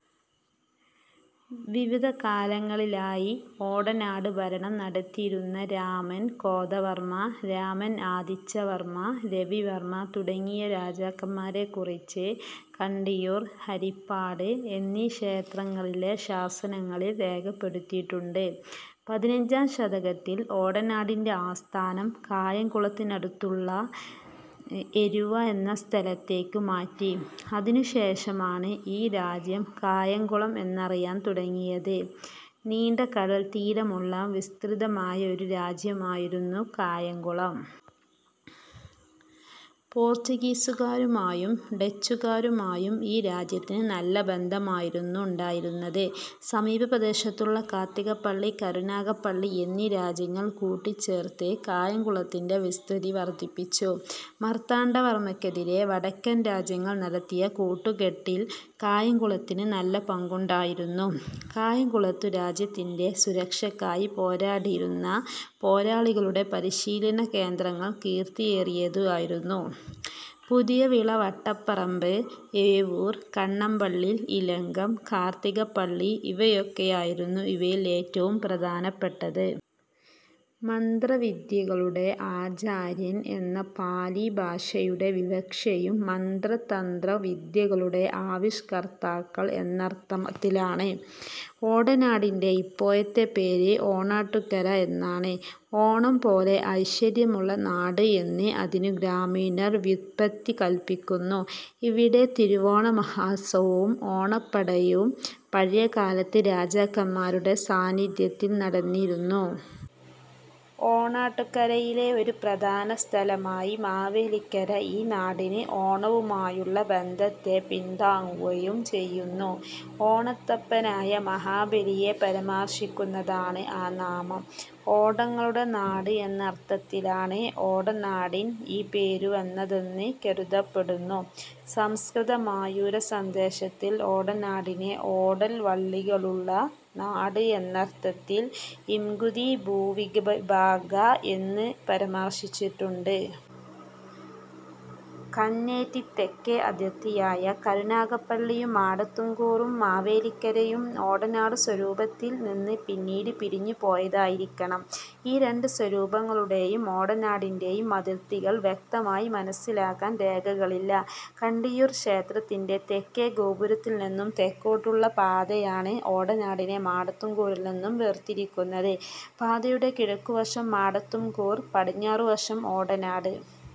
വിവിധകാലങ്ങളിലായി ഓടനാട് ഭരണം നടത്തിയിരുന്ന രാമൻ കോതവർമ്മ, രാമൻ ആതിച്ചവർമ്മ, രവിവർമ്മ തുടങ്ങിയ രാജാക്കന്മാരെക്കുറിച്ച് കണ്ടിയൂർ, ഹരിപ്പാട് എന്നീ ക്ഷേത്രങ്ങളിലെ ശാസനങ്ങളിൽ രേഖപ്പെടുത്തിയിട്ടുണ്ട്. പതിഞ്ചാം ശതകത്തിൽ ഓടനാടിന്റെ ആസ്ഥാനം കായംകുളത്തിനടുത്തുള്ള എരുവ എന്ന സ്ഥലത്തേക്ക് മാറ്റി. അതിനുശേഷമാണ് ഈ രാജ്യം കായംകുളം എന്നറിയാൻ തുടങ്ങിയത്. നീണ്ടകടൽത്തീരമുള്ള വിസ്തൃതമായ ഒരു രാജ്യമായിരുന്നു കായംകുളം. പോർച്ചുഗീസുകാരുമായും ഡച്ചുകാരുമായും ഈ രാജ്യത്തിന് നല്ല ബന്ധമായിരുന്നു ഉണ്ടായിരുന്നത്. സമീപപ്രദേശത്തുള്ള കാത്തികപ്പള്ളി, കരുനാഗപ്പള്ളി എന്നീ രാജ്യങ്ങൾ കൂട്ടിച്ചേർത്ത് കായംകുളത്തിന്റെ വിസ്തൃതി വർദ്ധിപ്പിച്ചു. മാർത്താണ്ഡവർമ്മയ്ക്കെതിരെ വടക്കൻ രാജ്യങ്ങൾ നടത്തിയ കൂട്ടുകെട്ടിൽ കായംകുളത്തിന് നല്ല പങ്കുണ്ടായിരുന്നു. കായംകുളത്തു രാജ്യത്തിന്റെ സുരക്ഷക്കായി പോരാടിയിരുന്ന പോരാളികളുടെ പരിശീലനകേന്ദ്രങ്ങൾ കീർത്തിയേറിയതു ആയിരുന്നു പുതിയവിള വട്ടപ്പറമ്പ്, ഏവൂർ കണ്ണമ്പള്ളിൽ, ഇലങ്കം, കാർത്തികപ്പള്ളി ഇവയൊക്കെ ആയിരുന്നു ഇവയിൽ ഏറ്റവും പ്രധാനപ്പെട്ടത്. മന്ത്രവിദ്യകളുടെ ആചാര്യൻ എന്ന പാലി ഭാഷയുടെ വിവക്ഷയും മന്ത്ര തന്ത്ര വിദ്യകളുടെ ആവിഷ്കർത്താക്കൾ എന്നർത്ഥത്തിലാണ്. ഓടനാടിന്റെ ഇപ്പോഴത്തെ പേര് ഓണാട്ടുകര എന്നാണ്. ഓണം പോലെ ഐശ്വര്യമുള്ള നാട് എന്ന് അതിനു ഗ്രാമീണർ വ്യുത്പത്തി കല്പിക്കുന്നു. ഇവിടെ തിരുവോണ മഹോത്സവവും ഓണപ്പടയും പഴയകാലത്ത് രാജാക്കന്മാരുടെ സാന്നിധ്യത്തിൽ നടന്നിരുന്നു. ഓണാട്ടുകരയിലെ ഒരു പ്രധാന സ്ഥലമായ് മാവേലിക്കര, ഈ നാടിന് ഓണവുമായുള്ള ബന്ധത്തെ പിൻതാങ്ങുകയും ചെയ്യുന്നു. ഓണത്തപ്പനായ മഹാബലിയെ പരാമർശിക്കുന്നതാണ് ആ നാമം. ഓടങ്ങളുടെ നാട് എന്ന അർത്ഥത്തിലാണ് ഓടനാടിൻ ഈ പേരു വന്നതെന്ന് കരുതപ്പെടുന്നു. സംസ്കൃത മയൂരസന്ദേശത്തിൽ ഓടനാടിനെ ഓടൽ വള്ളികളുള്ള നാട് എന്നർഥത്തിൽ ഇംഗുദി ഭൂവിഭാഗാഃ എന്നു പരാമർശിച്ചിട്ടുണ്ട്. കന്നേറ്റി തെക്കേ അതിർത്തിയായ കരുനഗപ്പള്ളി യും മടത്തൂംകൂറും മാവേലിക്കര യും ഓടനാടു സ്വരൂപത്തിൽ നിന്ന് പിന്നീട് പിരിഞ്ഞുപോയതായിരിക്കണം. ഈ രണ്ടു സ്വരൂപങ്ങളുടെയും ഓടനാടിന്റെയും അതിർത്തികൾ വ്യക്തമായി മനസ്സിലാക്കാൻ രേഖകളില്ല. കണ്ടിയൂർ ക്ഷേത്രത്തിന്റെ തെക്കേഗോപുരത്തിൽ നിന്നും തെക്കോട്ടുള്ള പാതയാണ് ഓടനാടിനെ മാടത്തുംകൂറിൽനിന്നും വേർതിരിക്കുന്നത്; പാതയുടെ കിഴക്കുവശം മാടത്തുംകൂർ, പടിഞ്ഞാറുവശം ഓടനാട്.